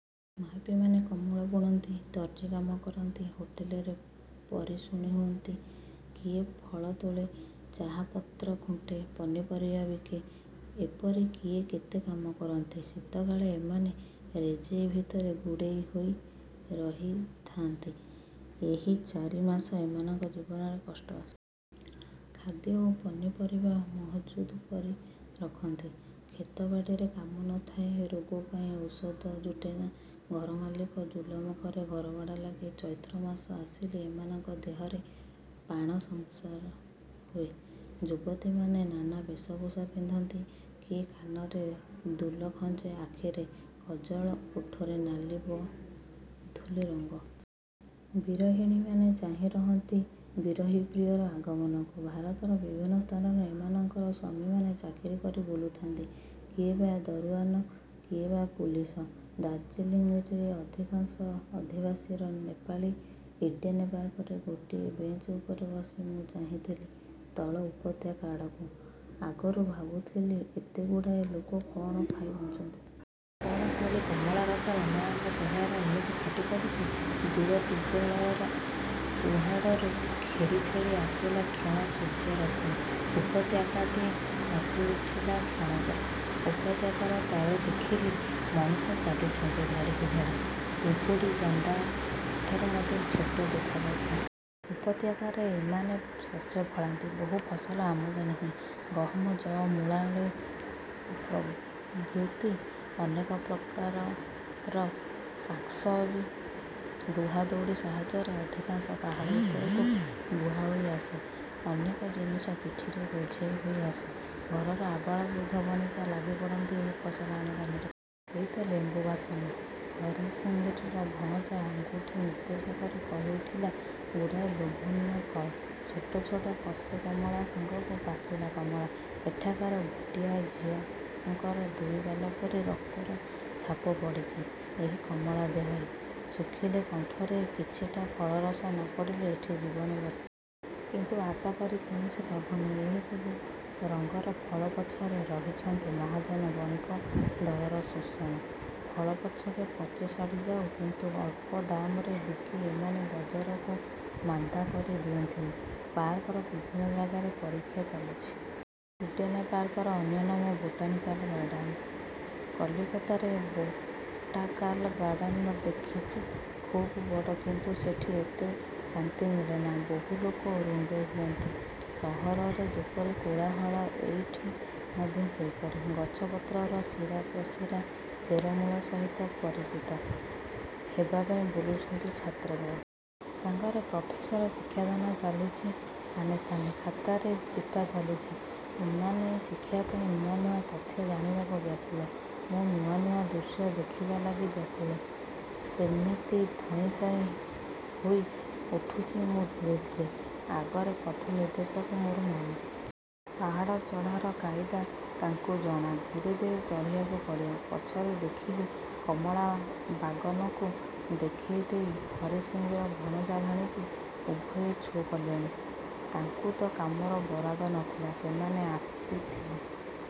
ମାଇପିମାନେ କମଳ ବୁଣନ୍ତି, ଦର୍ଜିକାମ କରନ୍ତି, ହୋଟେଲରେ ପରିଷୁଣି ହୁଅନ୍ତି। କିଏ ଫଳ ତୋଳେ, ଚାହାପତ୍ର ଖୁଣ୍ଟେ, ପନିପରିବା ବିକେ–ଏପରି କିଏ କେତେ କାମ କରନ୍ତି। ଶୀତକାଳେ ଏମାନେ ରେଜେଇ ଭିତରେ ଗୁଡ଼େଇ ହୋଇ ରହିଥାଆନ୍ତି। ଏହି ଚାରି ମାସ ଏମାନଙ୍କ ଜୀବନରେ କଷ୍ଟ ଆସେ। ଖାଦ୍ୟ ଓ ପନିପରିବା ମହଜୁଦ କରି ରଖନ୍ତି। କ୍ଷେତବାଡ଼ିରେ କାମ ନ ଥାଏ–ରୋଗପାଇଁ ଔଷଧ ଜୁଟେନା। ଘରମାଲିକ ଜୁଲମ କରେ ଘରଭଡ଼ା ଲାଗି। ଚୈତ୍ର ମାସ ଆସିଲେ ଏମାନଙ୍କ ଦେହରେ ପାଣ ସଞ୍ଚାର ହୁଏ। ଯୁବତୀମାନେ ନାନା ବେଶଭୂଷା ପିନ୍ଧନ୍ତ–କିଏ କାନରେ ଦୁଲ ଖଞ୍ଜେ, ଆଖିରେ କଜଳ, ଓଠରେ ନାଲିବଧୂଲି ରଙ୍ଗ। ବିରହିଣୀମାନେ ଚାହିଁ ରହନ୍ତି ବିରହୀ ପ୍ରିୟର ଆଗମନକୁ। ଭାରତର ବିଭିନ୍ନ ସ୍ଥାନରେ ଏମାନଙ୍କର ସ୍ୱାମୀମାନେ ଚାକିରୀ କରି ବୁଲୁଥାଆନ୍ତି–କିଏବା ଦରୁଆନ୍, କିଏବା ପୁଲିସ। ଦାର୍ଲିଲିଂରେ ଅଧିକାଂଶ ଅଧିବାସର ନେପାଳୀ। ଇଡ଼େନ ପାର୍କରେ ଗୋଟିଏ ବେଞ୍ଚ ଉପରେ ବସି ମୁଁ ଚାହିଁଥିଲି ତଳ ଉପତ୍ୟକା ଆଡ଼କୁ-। ଆଗରୁ ଭାବୁଥିଲି ଏତେଗୁଡ଼ାଏ ଲୋକ କ'ଣ ଖାଇ ବଞ୍ଚନ୍ତି? କ'ଣ ଖାଲି କମଳା ରସରେ ଏମାନଙ୍କ ଚେହେରା ଏମିତି ଫାଟି ପଡ଼ୁଚି? ଦୂର ଦିଗ୍ବଳୟର ଉହାଡ଼ରୁ ଖେଳି ଖେଳି ଆସିଲା କ୍ଷୀଣ ସୂର୍ଯ୍ୟରଶ୍ମୀ। ଉପତ୍ୟକାଟି ହସି ଉଠିଲା କ୍ଷଣକରେ; ଉପତ୍ୟକାର ତଳେ ଦେଖିଲି ମଣିଷ ଚାଲିଛନ୍ତି ଧାଡ଼ିକି ଧାଡ଼ି। ପିମ୍ପୁଡ଼ି ଜନ୍ଦାଠାରୁ ମଧ୍ୟ ଛୋଟ ଦେଖଯାଉଛନ୍ତି। ଉପତ୍ୟକାରେ ଏମାନେ ଶସ୍ୟ ଫଳାନ୍ତି। ବହୁ ଫସଲ ଆମଦାନୀ ହୁଏ–ଗହମ, ଯଅ, ମୂଳା, ଆଳୁ ପ୍ରଭୃତି ଅନେକ ପ୍ରକାରର ଶାକ୍ସବ୍ଜି। ଲୁହା ଦଉଡ଼ି ସାହାଯ୍ୟରେ ଅଧିକାଂଶ ପାହାଡ଼ ଉପରକୁ ବୁହାହୋଇ ଆସେ। ଅନେକ ଜିନିଷ ପିଠିରେ ବୋଝେଇ ହୋଇ ଆସେ। ଘରର ଆବାଳବୃଦ୍ଧବନିତା ଲାଗି ପଡ଼ନ୍ତି ଏଇ ଫସଲ ଆମଦାନୀରେ। ''ଏଇ ତ ଲେମ୍ୱୁ ବାସନ'' ହରିସିଂର ଭଣଜା ଆଙ୍ଗୁଠି ନିର୍ଦ୍ଦେଶ କରି କହି ଉଠିଲା। ଗୁଡ଼ାଏ ଲୋଭନୀୟ ଫଳ–ଛୋଟ ଛୋଟ କସି କମଳା ସାଙ୍ଗକୁ ପାଚିଲା କମଳା। ଏଠାକାର ଭୁଟିଆ ଝିଅଙ୍କର ଦୁଇଗାଲ ପରି ରକ୍ତର ଛାପ ପଡ଼ିଚି ଏହି କମଳା ଦେହରେ। ଶୁଖିଲେ କଣ୍ଠରେ କିଛିଟା ଫଳରସ ନ ପଡ଼ିଲେ ଏଠି ଜୀବନ ବ୍ୟର୍ଥ। କିନ୍ତୁ ଆଶା କରି କୌଣସି ଲାଭ ନାହିଁ। ଏହିସବୁ ରଙ୍ଗର ଫଳ ପଛରେ ରହିଛନ୍ତି ମହାଜନ ବଣିକ ଦଳର ଶୋଷଣ। ଫଳ ପଛକେ ପଚିସଢ଼ି ଯାଉ କିନ୍ତୁ ଅଳ୍ପ ଦାମରେ ବିକି ଏମାନେ ବଜାରକୁ ମାନ୍ଦା କରି ଦିଅନ୍ତିନି। ପାର୍କର ବିଭିନ୍ନ ଜାଗାରେ ପରୀକ୍ଷା ଚାଲିଚି। ଇଡ଼େନ ପାର୍କର ଅନ୍ୟ ନାମ ବୋଟାନିକାଲ ଗାର୍ଡ଼ନ। କଲିକତାରେ ବୋଟାକାଲ ଗାର୍ଡ଼ନ ଦେଖିଚି। ଖୁବ୍ ବଡ଼ କିନ୍ତୁ ସେଠି ଏତେ ଶାନ୍ତି ମିଳେନା। ବହୁ ଲୋକ ରୁଣ୍ଡ ହୁଅନ୍ତି। ସହରରେ ଯେପରି କୋଳାହଳ–ଏଇଠି ମଧ୍ୟ ସେହିପରି। ଗଛ ପତ୍ରର ଶୀରାପ୍ରଶିରା ଚେରମୂଳ ସହିତ ପରିଚିତ ହେବା ପାଇଁ ବୁଲୁଛନ୍ତୀ ଛାତ୍ରଦଳ। ସାଙ୍ଗରେ ପ୍ରଫେସର; ଶିକ୍ଷାଦାନ ଚାଲିଛି ସ୍ଥାନେ ସ୍ଥାନେ। ଖାତାରେ ଟିପା ଚାଲିଚି। ଏମାନେ ଶିକ୍ଷା ପାଇଁ ନୂଆ ନୂଆ ତଥ୍ୟ ଜାଣିବାକୁ ବ୍ୟାକୁଳ। ମୁଁ ନୂଆ ନୂଆ ଦୃଶ୍ୟ ଦେଖିବା ଲାଗି ବ୍ୟାକୁଳ। ସେମିତି ଧଇଁସଇଁ ହୋଇ ଉଠୁଚି ମୁଁ ଧୀରେ ଧୀରେ। ଆଗରେ ପଥ ନିର୍ଦ୍ଦେଶକ ମୋର ମାମୁଁ। ପାହାଡ଼ଚଢାର କାଇଦା ତାଙ୍କୁ ଜଣା। ଧୀରେ ଧୀରେ ଚଢ଼ିବାକୁ ପଡ଼ିବ। ପଛରେ ଦେଖିଲି କମଳା ବାଗନକୁ ଦେଖେଇଦେଇ ହରିସିଂର ଭଣଜା ଭାଣିଜୀ ଉଭୟେ ଛୁ କଲେଣି। ତାଙ୍କୁ ତ କାମର ବରାଦ ନ ଥିଲା, ସେମାନେ ଆସିଥିଲେ